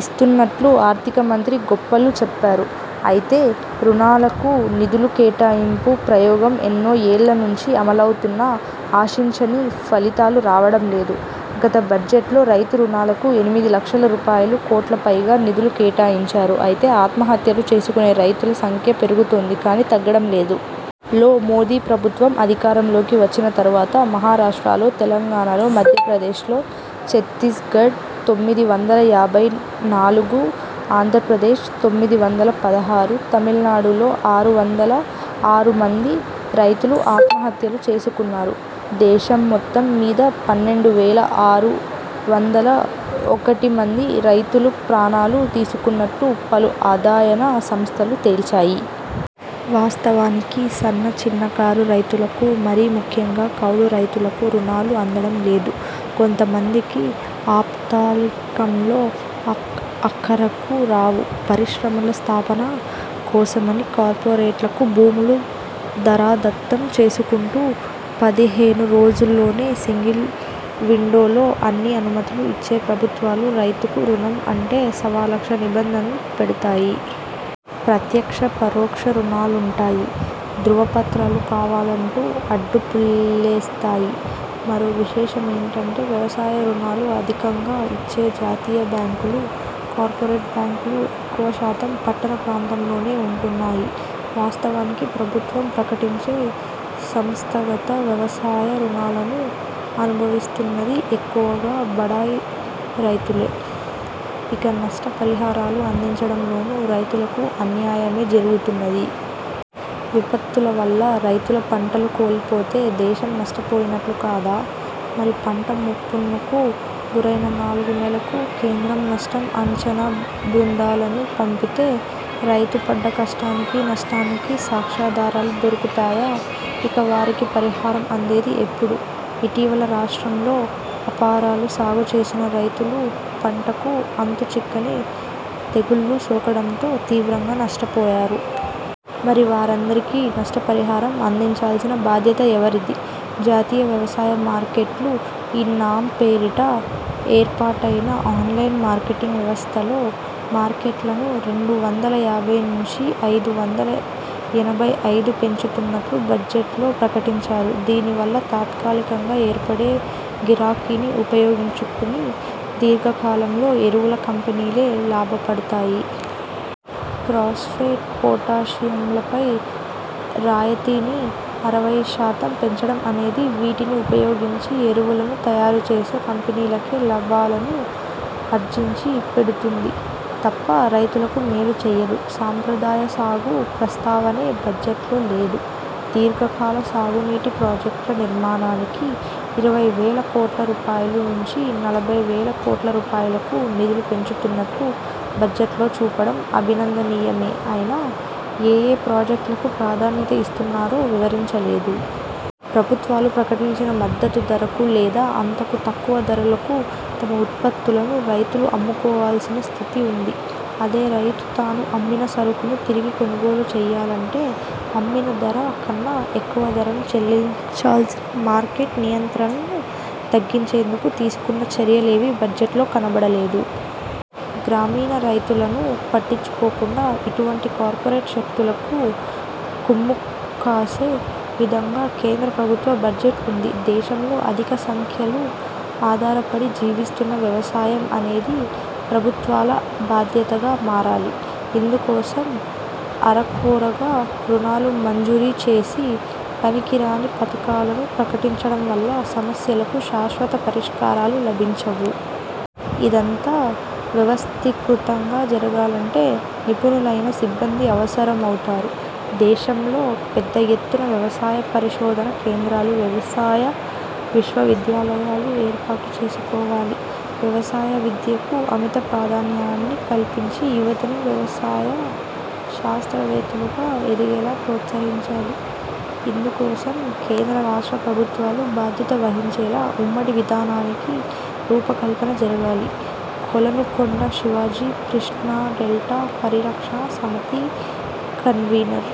ఇస్తున్నట్లు ఆర్థికమంత్రి గొప్పలు చెప్పారు. అయితే రుణాలకు నిధుల కేటాయింపు ప్రయోగం ఎన్నో ఏళ్ల నుంచి అమలవుతున్నా ఆశించిన ఫలితాలు రావడం లేదు. గత బడ్జెట్లో రైతు రుణాలకు ఎనిమిది లక్షల రూపాయలు కోట్లపైగా నిధులు కేటాయించారు. అయితే ఆత్మహత్యలు చేసుకునే రైతుల సంఖ్య పెరుగుతోంది కానీ తగ్గడం లేదు. లో మోదీ ప్రభుత్వం అధికారంలోకి వచ్చిన తరువాత మహారాష్ట్రలో, తెలంగాణలో, మధ్యప్రదేశ్, ఛత్తీస్గఢ్ తొమ్మిది వందల యాభై నాలుగు, ఆంధ్రప్రదేశ్- తొమ్మిది వందల పదహారు, తమిళనాడులో ఆరు వందల ఆరు మంది రైతులు ఆత్మహత్యలు చేసుకున్నారు. దేశం మొత్తం మీద పన్నెండు వేల ఆరు వందల ఒకటి మంది రైతులు ప్రాణాలు తీసుకున్నట్లు పలు అధ్యయన సంస్థలు తేల్చాయి. వాస్తవానికి సన్న చిన్నకారు రైతులకు, మరీ ముఖ్యంగా కౌలు రైతులకు రుణాలు అందడం లేదు. కొద్దిమందికి ఆపత్కాలంలో అక్కరకు రావు. పరిశ్రమల స్థాపన కోసమని కార్పొరేట్లకు భూములు ధారాదత్తం చేసుకుంటూ పదిహేను రోజుల్లోనే సింగిల్ విండోలో అన్ని అనుమతులు ఇచ్చే ప్రభుత్వాలు రైతుకు రుణం అంటే సవాలక్ష నిబంధనలు పెడతాయి. ప్రత్యక్ష, పరోక్ష రుణాలంటాయి. ధ్రువపత్రాలు కావాలంటూ అడ్డు పుల్లలేస్తాయి. మరో విశేషమేమంటే వ్యవసాయ రుణాలు అధికంగా ఇచ్చే జాతీయ బ్యాంకులు, కార్పొరేట్ బ్యాంకులు ఎక్కువ శాతం పట్టణ ప్రాంతాల్లోనే ఉంటున్నాయి. వాస్తవానికి ప్రభుత్వం ప్రకటించే సంస్థాగత వ్యవసాయ రుణాలను అనుభవిస్తున్నది ఎక్కువగా బడా రైతులే. ఇక నష్ట పరిహారాలు అందించడం లోనూ రైతులకు అన్యాయమే జరుగుతున్నది. విపత్తుల వల్ల రైతులు పంటలు కోల్పోతే దేశం నష్ట పోయినట్లు కాదా? మరి పంట ముంపునకు గురైన నాలుగు నెలలకు కేంద్రం నష్టం అంచనా బృందాలను పంపితే రైతు పడ్డ కష్టానికి, నష్టానికి సాక్ష్యాధారాలు దొరుకుతాయా? ఇక వారికి పరిహారం అందేది ఎప్పుడు? ఇటీవల రాష్ట్రంలో అపరాలు సాగు చేసిన రైతులు పంటకు అంతు చిక్కని తెగుళ్లు సోకడంతో తీవ్రంగా నష్టపోయారు. మరి వారందరికీ నష్టపరిహారం అందించాల్సిన బాధ్యత ఎవరిది? జాతీయ వ్యవసాయ మార్కెట్లు 'ఈ నామ్' పేరిట ఏర్పాటైన ఆన్లైన్ మార్కెటింగ్ వ్యవస్థలో మార్కెట్లను రెండు వందల యాభై నుంచి ఐదు వందల ఎనభై ఐదు పెంచుతున్నట్లు బడ్జెట్లో ప్రకటించారు. దీనివల్ల తాత్కాలికంగా ఏర్పడే గిరాకీని ఉపయోగించుకుని దీర్ఘకాలంలో ఎరువుల కంపెనీలే లాభపడతాయి. ఫాస్ఫేట్, పొటాషియంలపై రాయితీని అరవైశాతం పెంచడం అనేది, వీటిని ఉపయోగించి ఎరువులను తయారుచేసే కంపెనీలకే లాభాలను ఆర్జించి పెడుతుంది తప్ప రైతులకు మేలు చేయదు. సేంద్రియసాగు ప్రస్తావనే బడ్జెట్లో లేదు. దీర్ఘకాల సాగునీటి ప్రాజెక్టుల నిర్మాణానికి ఇరవై వేల కోట్ల రూపాయలు నుంచి నలభై వేల కోట్ల రూపాయలకు నిధులు పెంచుతున్నట్లు బడ్జెట్లో చూపడం అభినందనీయమే అయినా, ఏఏ ప్రాజెక్టులకు ప్రాధాన్యత ఇస్తున్నారో వివరించలేదు. ప్రభుత్వాలు ప్రకటించిన మద్దతు ధరకు లేదా అంతకు తక్కువ ధరలకు తమ ఉత్పత్తులను రైతులు అమ్ముకోవాల్సిన స్థితి ఉంది. అదే రైతు తాను అమ్మిన సరకును తిరిగి కొనుగోలు చేయాలంటే అమ్మినధర కన్నా ఎక్కువ ధరను చెల్లించాల్సిన మార్కెట్ నియంత్రణను తగ్గించేందుకు తీసుకున్న చర్యలేవీ బడ్జెట్లో కనబడలేదు. గ్రామీణ రైతులను పట్టించుకోకుండా ఇటువంటి కార్పొరేట్ శక్తులకు కొమ్ముకాసే విధంగా కేంద్రప్రభుత్వ బడ్జెట్ ఉంది. దేశంలో అధిక సంఖ్యాకులు ఆధారపడి జీవిస్తున్న వ్యవసాయం అనేది ప్రభుత్వాల బాధ్యతగా మారాలి. ఇందుకోసం అరకొరగా రుణాలు మంజూరు చేసి, పనికిరాని పథకాలను ప్రకటించడం వల్ల సమస్యలకు శాశ్వత పరిష్కారాలు లభించవు. ఇదంతా వ్యవస్థీకృతంగా జరగాలంటే నిపుణులైన సిబ్బంది అవసరమవుతారు. దేశంలో పెద్ద ఎత్తున వ్యవసాయ పరిశోధన కేంద్రాలు, వ్యవసాయ విశ్వవిద్యాలయాలు ఏర్పాటు చేసుకోవాలి. వ్యవసాయ విద్యకు అమిత ప్రాధాన్యాన్ని కల్పించి యువతను వ్యవసాయ శాస్త్రవేత్తలుగా ఎదిగేలా ప్రోత్సహించాలి. ఇందుకోసం కేంద్రరాష్ట్ర ప్రభుత్వాలు బాధ్యత వహించేలా ఉమ్మడి విధానానికి రూపకల్పన జరగాలి. కొలనుకొండ శివాజీ కృష్ణాడెల్టా పరిరక్షణ సమితి కన్వీనర్